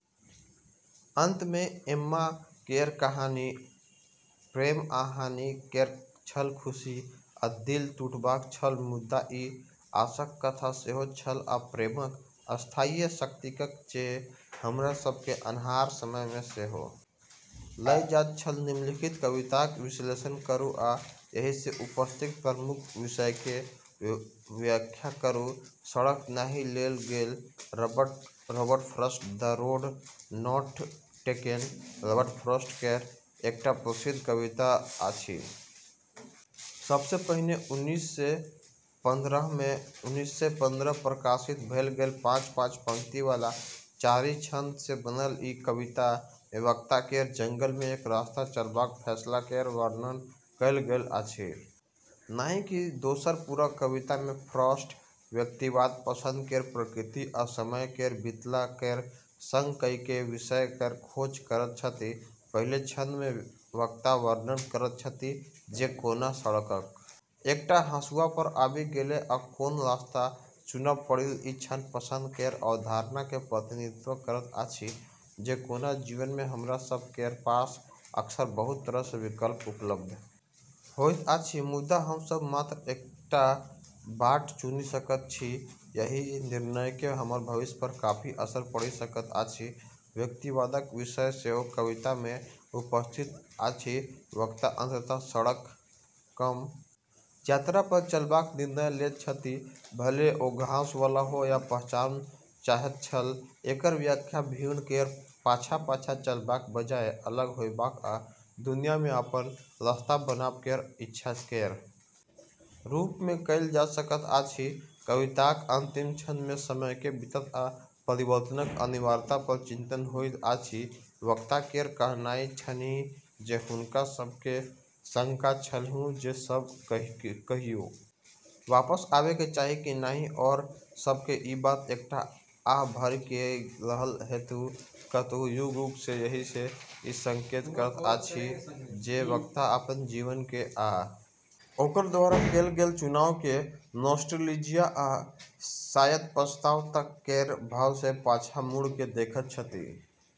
अंत मे एम्मा केर कहानी प्रेम आ हानि केर छल खुशी आ दिल टूटबाक छल मुदा ई आशाक कथा सेहो छल आ प्रेमक स्थायी शक्तिक जे हमरा सभ केँ अन्हार समय मे सेहो लऽ जाइत छल निम्नलिखित कविताक विश्लेषण करू आ एहि मे उपस्थित प्रमुख विषयक व्याख्या करू सड़क नहि लेल गेल Robert Frost the road not taken Robert Frost केर एकटा प्रसिद्ध कविता अछि जे सब सँ पहिने उन्नैस सए पन्द्रहमे प्रकाशित भेल छल पाँच-पाँच पंक्ति वाला चारि छंद सँ बनल ई कविता मे वक्ता केर जंगल मे एक रास्ता पर चलबाक फैसला केर वर्णन कएल गेल अछि नहि कि दोसर पूरा कविता मे फ्रॉस्ट व्यक्तिवाद पसंद केर प्रकृति आ समय केर बीतला केर संग कएक विषय केर खोज करैत छथि पहिल छंद मे वक्ता वर्णन करैत छथि जे कोना सड़कक एकटा हँसुआ पर आबि गेलाह आ कोन रस्ता चुनब पड़लनि ई क्षण पसंद केर अवधारणा केर प्रतिनिधित्व करैत अछि आ कोना जीवन मे हमरा सभ केर पास अक्सर बहुत तरह केर विकल्प उपलब्ध होइत अछि मुदा हम सभ मात्र एकटा बाट चुनि सकैत छी आ एहि निर्णयक हमर भविष्य पर काफी असर पड़ि सकैत अछि व्यक्तिवादक विषय सेहो कविता मे उपस्थित अछि वक्ता अंततः सड़क कम यात्रा पर चलबाक निर्णय लैत छथि भले ओ घास वाला हो आ पहनब चाहैत छल एकर व्याख्या भीड़ केर पाछाँ-पाछाँ चलबाक बजाय अलग होयबाक आ दुनिया मे अपन रास्ता बनाबै केर इच्छा केर रूप मे कएल जा सकैत अछि कविताक अंतिम छंद मे समयक बीतैत आ परिवर्तनक अनिवार्यता पर चिंतन होइत अछि वक्ता केर कहनाइ छन्हि जे हुनका सभ केँ शंका छलन्हि जे ओ सभ कहियो वापस आबय के चाही कि नहि आओर ओ सभ ई बात एकटा आह भरि कऽ कहि रहल हेताह कतहु युग-युग सँ एहि सँ ई संकेत करैत अछि जे वक्ता अपन जीवन केँ आ ओकरा द्वारा कएल गेल चुनाव केँ नॉस्टेलजिया आ शायद पछतावा तक केर भाव सँ पाछाँ मुड़ि कऽ देखैत छथि